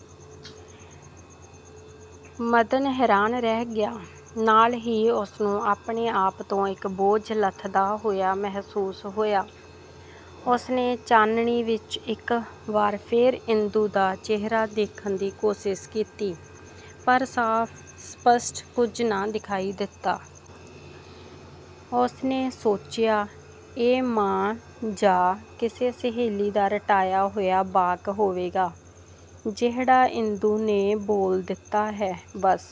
" ਮਦਨ ਹੈਰਾਨ ਰਹਿ ਗਿਆ। ਨਾਲ ਹੀ ਉਸਨੂੰ ਆਪਣੇ ਆਪ ਤੋਂ ਇਕ ਬੋਝ ਲੱਥਦਾ ਹੋਇਆ ਮਹਿਸੂਸ ਹੋਇਆ। ਉਸਨੇ ਚਾਨਣੀ ਵਿਚ ਇਕ ਵਾਰ ਫੇਰ ਇੰਦੂ ਦਾ ਚਿਹਰਾ ਦੇਖਣ ਦੀ ਕੋਸ਼ਿਸ਼ ਕੀਤੀ, ਪਰ ਸਾਫ ਸਪਸ਼ਟ ਕੁਝ ਨਾ ਦਿਖਾਈ ਦਿਤਾ। ਉਸਨੇ ਸੋਚਿਆ, ਇਹ ਮਾਂ ਜਾਂ ਕਿਸੇ ਸਹੇਲੀ ਦਾ ਰਟਾਇਆ ਹੋਇਆ ਵਾਕ ਹੋਵੇਗਾ, ਜਿਹੜਾ ਇੰਦੂ ਨੇ ਬੋਲ ਦਿਤਾ ਹੈ, ਬਸ।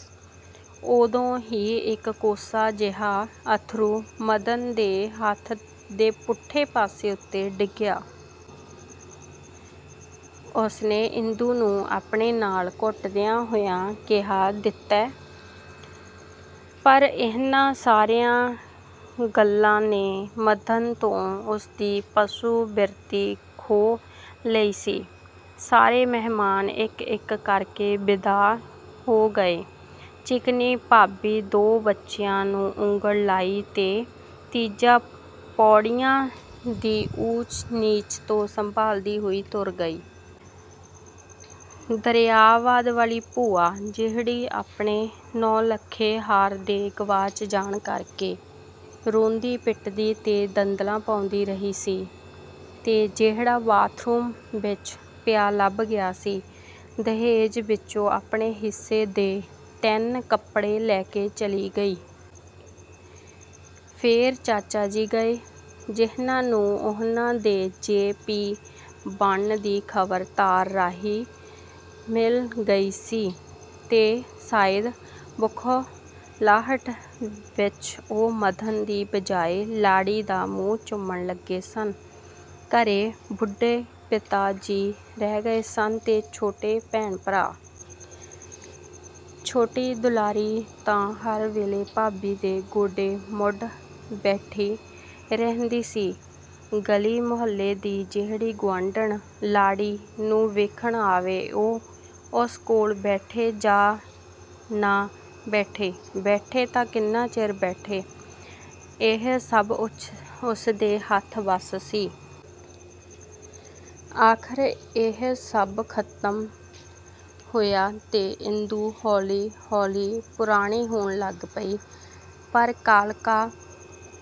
ਉਦੋਂ ਹੀ ਇਕ ਕੋਸਾ ਜਿਹਾ ਅੱਥਰੂ ਮਦਨ ਦੇ ਹੱਥ ਦੇ ਪੁੱਠੇ ਪਾਸੇ ਉੱਤੇ ਡਿੱਗਿਆ। ਉਸਨੇ ਇੰਦੂ ਨੂੰ ਆਪਣੇ ਨਾਲ ਘੁੱਟਦਿਆਂ ਹੋਇਆਂ ਕਿਹਾ-"ਦਿੱਤੇ। " ਪਰ ਇਹਨਾਂ ਸਾਰੀਆਂ ਗੱਲਾਂ ਨੇ ਮਦਨ ਤੋਂ ਉਸਦੀ ਪਸ਼ੂ ਬਿਰਤੀ ਖੋਹ ਲਈ ਸੀ। ਸਾਰੇ ਮਹਿਮਾਨ ਇਕ ਇਕ ਕਰਕੇ ਵਿਦਾਅ ਹੋ ਗਏ। ਚਿਕਨੀ ਭਾਬੀ ਦੋ ਬੱਚਿਆਂ ਨੂੰ ਉਂਗਲ ਲਾਈ ਤੇ ਤੀਜਾ ਪੌੜੀਆਂ ਦੀ ਊਚ ਨੀਚ ਤੋਂ ਸੰਭਾਲਦੀ ਹੋਈ ਤੁਰ ਗਈ। ਦਰਿਆਬਾਦ ਵਾਲੀ ਭੂਆ, ਜਿਹੜੀ ਆਪਣੇ ਨੌਲੱਖੇ ਹਾਰ ਦੇ ਗਵਾਚ ਜਾਣ ਕਰਕੇ, ਰੋਂਦੀ–ਪਿੱਟਦੀ ਤੇ ਦੰਦਲਾਂ ਪਾਉਂਦੀ ਰਹੀ ਸੀ, ਤੇ ਜਿਹੜਾ ਬਾਥਰੂਮ ਵਿਚ ਪਿਆ ਲੱਭ ਗਿਆ ਸੀ, ਦਹੇਜ ਵਿਚੋਂ ਆਪਣੇ ਹਿੱਸੇ ਦੇ ਤਿੰਨ ਕਪੜੇ ਲੈ ਕੇ ਚਲੀ ਗਈ। ਫੇਰ ਚਾਚਾਜੀ ਗਏ, ਜਿਹਨਾਂ ਨੂੰ ਉਹਨਾਂ ਦੇ ਜੇ. ਪੀ. ਬਣਨ ਦੀ ਖ਼ਬਰ ਤਾਰ ਰਾਹੀਂ ਮਿਲ ਗਈ ਸੀ ਤੇ ਸ਼ਾਇਦ ਬੌਖ਼ਲਾਹਟ ਵਿਚ ਉਹ ਮਦਨ ਦੀ ਬਜਾਏ ਲਾੜੀ ਦਾ ਮੂੰਹ ਚੁੰਮਣ ਲੱਗੇ ਸਨ। ਘਰੇ ਬੁੱਢੇ ਪਿਤਾ ਜੀ ਰਹਿ ਗਏ ਸਨ ਤੇ ਛੋਟੇ ਭੈਣ ਭਰਾ। ਛੋਟੀ ਦੁਲਾਰੀ ਤਾਂ ਹਰ ਵੇਲੇ ਭਾਬੀ ਦੇ ਗੋਡੇ ਮੁੱਢ ਬੈਠੀ ਰਹਿੰਦੀ ਸੀ। ਗਲੀ–ਮੁਹੱਲੇ ਦੀ ਜਿਹੜੀ ਗੁਆਂਢਣ ਲਾੜੀ ਨੂੰ ਵੇਖਣ ਆਵੇ ਉਹ, ਉਸ ਕੋਲ ਬੈਠੇ ਜਾਂ ਨਾ ਬੈਠੇ, ਬੈਠੇ ਤਾਂ ਕਿੰਨਾ ਚਿਰ ਬੈਠੇ, ਇਹ ਸਭ ਉਸਦੇ ਹੱਥ–ਵੱਸ ਸੀ। ਆਖ਼ਰ ਇਹ ਸਭ ਖ਼ਤਮ ਹੋਇਆ ਤੇ ਇੰਦੂ ਹੌਲੀ–ਹੌਲੀ ਪੁਰਾਣੀ ਹੋਣ ਲੱਗ ਪਈ। ਪਰ ਕਾਲਕਾ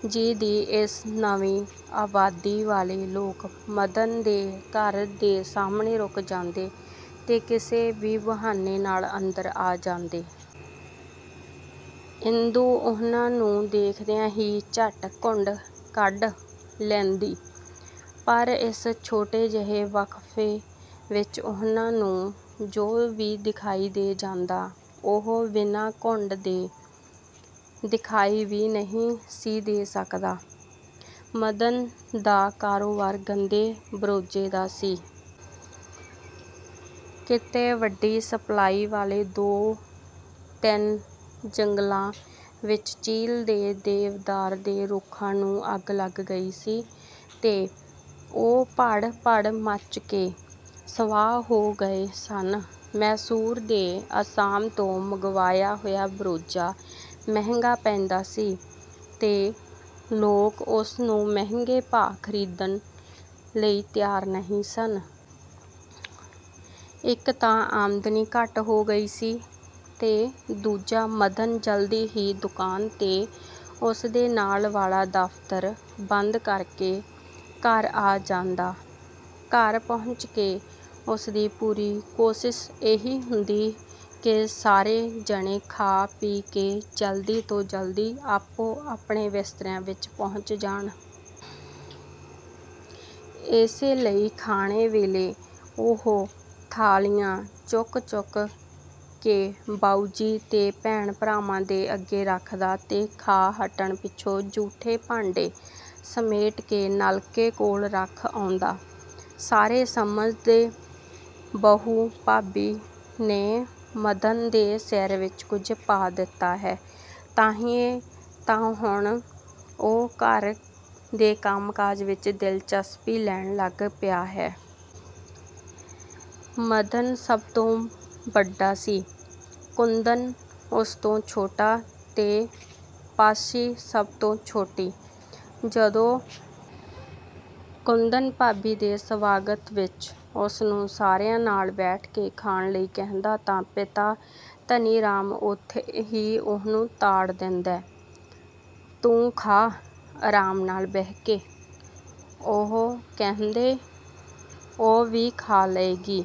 ਜੀ ਦੀ ਇਸ ਨਵੀਂ ਆਬਾਦੀ ਵਾਲੇ ਲੋਕ ਮਦਨ ਦੇ ਘਰ ਦੇ ਸਾਹਮਣੇ ਰੁਕ ਜਾਂਦੇ ਤੇ ਕਿਸੇ ਵੀ ਬਹਾਨੇ ਨਾਲ ਅੰਦਰ ਆ ਜਾਂਦੇ। ਇੰਦੂ ਉਹਨਾਂ ਨੂੰ ਦੇਖਦਿਆਂ ਹੀ ਝੱਟ ਘੁੰਡ ਕੱਢ ਲੈਂਦੀ। ਪਰ ਇਸ ਛੋਟੇ ਜਿਹੇ ਵਕਫ਼ੇ ਵਿਚ ਉਹਨਾਂ ਨੂੰ ਜੋ ਵੀ ਦਿਖਾਈ ਦੇ ਜਾਂਦਾ, ਉਹ ਬਿਨਾਂ ਘੁੰਡ ਦੇ ਦਿਖਾਈ ਵੀ ਨਹੀਂ ਸੀ ਦੇ ਸਕਦਾ। ਮਦਨ ਦਾ ਕਾਰੋਬਾਰ ਗੰਦੇ ਬਰੋਜੇ ਦਾ ਸੀ। ਕਿਤੇ ਵੱਡੀ ਸਪਲਾਈ ਵਾਲੇ ਦੋ ਤਿੰਨ ਜੰਗਲਾਂ ਵਿਚ ਚੀਲ ਦੇ ਦੇਵਦਾਰ ਦੇ ਰੁੱਖਾਂ ਨੂੰ ਅੱਗ ਲੱਗ ਗਈ ਸੀ ਤੇ ਉਹ ਭੜ–ਭੜ ਮੱਚ ਕੇ ਸਵਾਹ ਹੋ ਗਏ ਸਨ। ਮੈਸੂਰ ਤੇ ਆਸਾਮ ਤੋਂ ਮੰਗਵਾਇਆ ਹੋਇਆ ਬਰੋਜਾ ਮਹਿੰਗਾ ਪੈਂਦਾ ਸੀ ਤੇ ਲੋਕ ਉਸਨੂੰ ਮਹਿੰਗੇ ਭਾਅ ਖ਼ਰੀਦਨ ਲਈ ਤਿਆਰ ਨਹੀਂ ਸਨ। ਇਕ ਤਾਂ ਆਮਦਨੀ ਘੱਟ ਹੋ ਗਈ ਸੀ, ਤੇ ਦੂਜਾ ਮਦਨ ਜਲਦੀ ਹੀ ਦੁਕਾਨ ਤੇ ਉਸਦੇ ਨਾਲ ਵਾਲਾ ਦਫ਼ਤਰ ਬੰਦ ਕਰਕੇ ਘਰ ਆ ਜਾਂਦਾ। ਘਰ ਪਹੁੰਚ ਕੇ ਉਸਦੀ ਪੂਰੀ ਕੋਸ਼ਿਸ਼ ਇਹੀ ਹੁੰਦੀ ਕਿ ਸਾਰੇ ਜਣੇ ਖਾ ਪੀ ਕੇ ਜਲਦੀ ਤੋਂ ਜਲਦੀ ਆਪੋ–ਆਪਣੇ ਬਿਸਤਰਿਆਂ ਵਿਚ ਪਹੁੰਚ ਜਾਣ। ਇਸੇ ਲਈ ਖਾਣੇ ਵੇਲੇ ਉਹ ਥਾਲੀਆਂ ਚੁੱਕ ਚੁੱਕ ਕੇ ਬਾਊਜੀ ਤੇ ਭੈਣ–ਭਰਾਵਾਂ ਦੇ ਅੱਗੇ ਰੱਖਦਾ ਤੇ ਖਾ ਹਟਣ ਪਿੱਛੋਂ ਜੂਠੇ ਭਾਂਡੇ ਸਮੇਟ ਕੇ ਨਲਕੇ ਕੋਲ ਰੱਖ ਆਉਂਦਾ। ਸਾਰੇ ਸਮਝਦੇ ਬਹੂ, ਭਾਬੀ ਨੇ ਮਦਨ ਦੇ ਸਿਰ ਵਿਚ ਕੁਝ ਪਾ ਦਿਤਾ ਹੈ ਤਾਂਹੀਏਂ ਤਾਂ ਹੁਣ ਉਹ ਘਰ ਦੇ ਕੰਮਕਾਜ ਵਿਚ ਦਿਲਚਸਪੀ ਲੈਣ ਲੱਗ ਪਿਆ ਹੈ। ਮਦਨ ਸਭ ਤੋਂ ਵੱਡਾ ਸੀ। ਕੁੰਦਨ ਉਸ ਤੋਂ ਛੋਟਾ ਤੇ ਪਾਸ਼ੀ ਸਭ ਤੋਂ ਛੋਟੀ। ਜਦੋਂ ਕੁੰਦਨ ਭਾਬੀ ਦੇ ਸਵਾਗਤ ਵਿਚ ਉਸਨੂੰ ਸਾਰਿਆਂ ਨਾਲ ਬੈਠ ਕੇ ਖਾਣ ਲਈ ਕਹਿੰਦਾ ਤਾਂ ਪਿਤਾ ਧਨੀਰਾਮ ਉੱਥੇ ਹੀ ਉਹਨੂੰ ਤਾੜ ਦਿੰਦੇ-"ਤੂੰ ਖਾਹ, ਆਰਾਮ ਨਾਲ ਬਹਿਕੇ," ਉਹ ਕਹਿੰਦੇ, "ਉਹ ਵੀ ਖਾ ਲਏਗੀ।